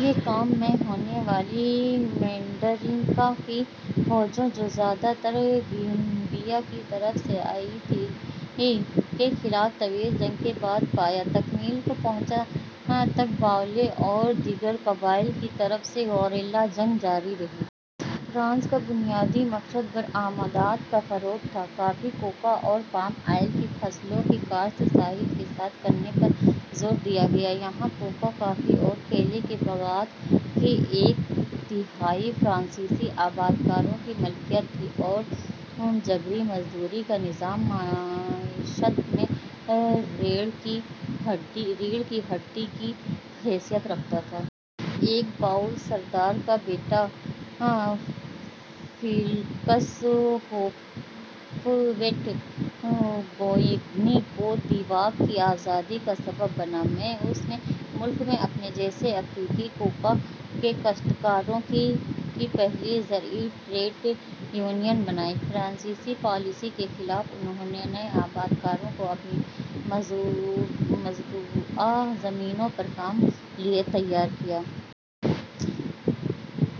یہ کام ء میں ہونے والی مینڈرینکا کی فوجوں جو زیادہ تر گیمبیا کی طرف سے آئی تھیں، کے خلاف طویل جنگ کے بعد پایہ تکمیل کو پہنچا۔ ء تک باولے اور دیگر قبائل کی طرف سے گوریلا جنگ جاری رہی۔ فرانس کا بنیادی مقصد برآمدات کا فروغ تھا۔ کافی، کوکا اور پام آئل کی فصلوں کی کاشت ساحل کے ساتھ کرنے پر زور دیا گیا۔ یہاں کوکا، کافی اور کیلے کے باغات کی ایک تہائی فرانسیسی آبادکاروں کی ملکیت تھی اور جبری مزدوری کا نظام معیشت میں ریڑھ کی ہڈی کی حیثیت رکھتا تھا۔ ایک باؤل سردار کا بیٹافیلکس ہوفویٹ-بوئیگنی کوت دیواغ کی آزادی کا سبب بنا۔ ء میں اس نے ملک میں اپنے جیسے افریقی کوکا کے کاشتکاروں کی کی پہلی زرعی ٹریڈ یونین بنائی۔ فرانسیسی پالیسی کے خلاف انھوں نے نئے آبادکاروں کو اپنی مزروعہ زمینوں پر کام کے لیے تیار کیا۔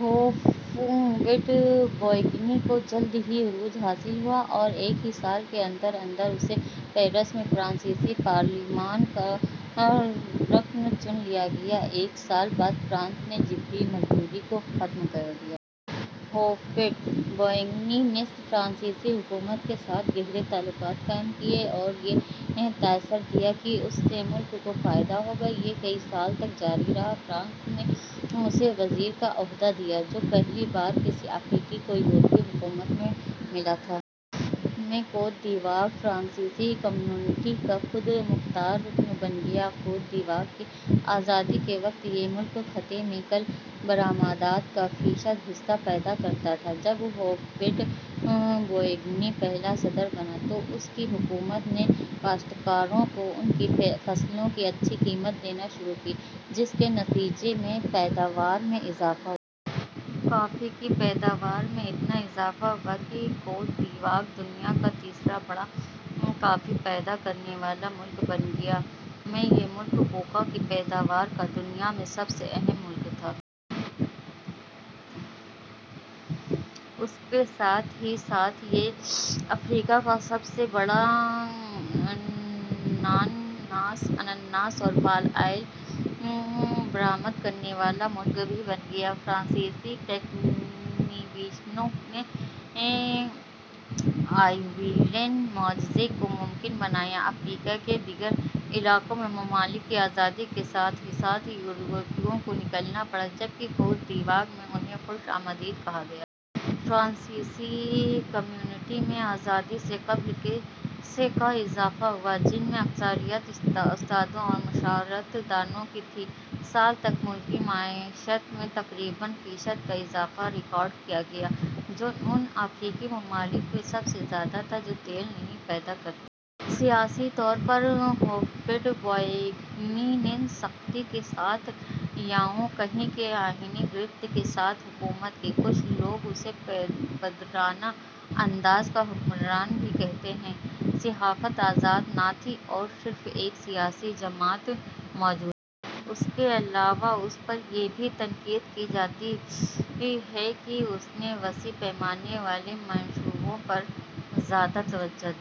ہوفویٹ-بوئیگنی کو جلد ہی عروج حاصل ہوا اور ایک ہی سال کے اندر اندر اسے پیرس میں فرانسیسی پارلیمان کا رکن چن لیا گیا۔ ایک سال بعد فرانس نے جبری مزدوری کو ختم کر دیا۔ ہوفویٹ-بوئیگنی نے فرانسیسی حکومت کے ساتھ گہرے تعلقات قائم کیے اور یہ تائثر دیا کہ اس سے ملک کو فائدہ ہوگا۔ یہ کئی سال تک جاری رہا۔ فرانس نے اسے وزیر کا عہدہ دیا جو پہلی بار کسی افریقی کو یورپی حکومت میں ملا تھا۔ ء میں کوت دیواغ فرانسیسی کمیونٹی کا خود مختار رکن بن گیا۔ کوت دیواغ کی آزادی کے وقت یہ ملک خطے میں کل برآمدات کا فیصد حصہ پیدا کرتا تھا۔ جب ہوفویٹ-بوئیگنی پہلا صدر بنا تو اس کی حکومت نے کاشتکاروں کو ان کی فصلوں کی اچھی قیمت دینا شروع کی جس کے نتیجے میں پیداوار میں اضافہ ہوا۔ کافی کی پیداوار میں اتنا اضافہ ہوا کہ کوت دیواغ دنیا کا تیسرا بڑا کافی پیدا کرنے والا ملک بن گیا۔ ء میں یہ ملک کوکا کی پیدوار کا دنیا میں سب سے اہم ملک تھا۔ اس کے ساتھ ہی ساتھ یہ افریقہ کا سب سے بڑا انناناس اور پال آئل برآمد کرنے والا ملک بھی بن گیا۔ فرانسیسی ٹیکنیشنوں نے آئیورین معجزے کو ممکن بنایا۔ افریقہ کے دیگر علاقوں میں ممالک کی آزادی کے ساتھ ہی ساتھ یورپیوں کو نکلنا پڑا جبکہ کوت دیواغ میں انھیں خوش آمدید کہا گیا۔ فرانسیسی کمیونٹی میں آزادی سے قبل کے سے کا اضافہ ہوا جن میں اکثریت استادوں اور مشاورت دانوں کی تھی۔ سال تک ملکی معیشت میں تقریباً فیصد کا اضافہ ریکارڈ کیا گیا جو ان افریقی ممالک میں سب سے زیادہ تھا جو تیل نہیں پیدا کرتے۔ سیاسی طور پر ہوفویٹ-بوئیگنی نے سختی کے ساتھ یا یوں کہیں کہ آہنی گرفت کے ساتھ حکومت کی۔ کچھ لوگ اسے پدرانہ انداز کا حکمران بھی کہتے ہیں۔ صحافت آزاد نہ تھی اور صرف ایک سیاسی جماعت موجود تھی۔ اس کے علاوہ اس پر یہ بھی تنقید کی جاتی ہے کہ اس نے وسیع پیمانے والے منصوبوں پر زیادہ توجہ دی۔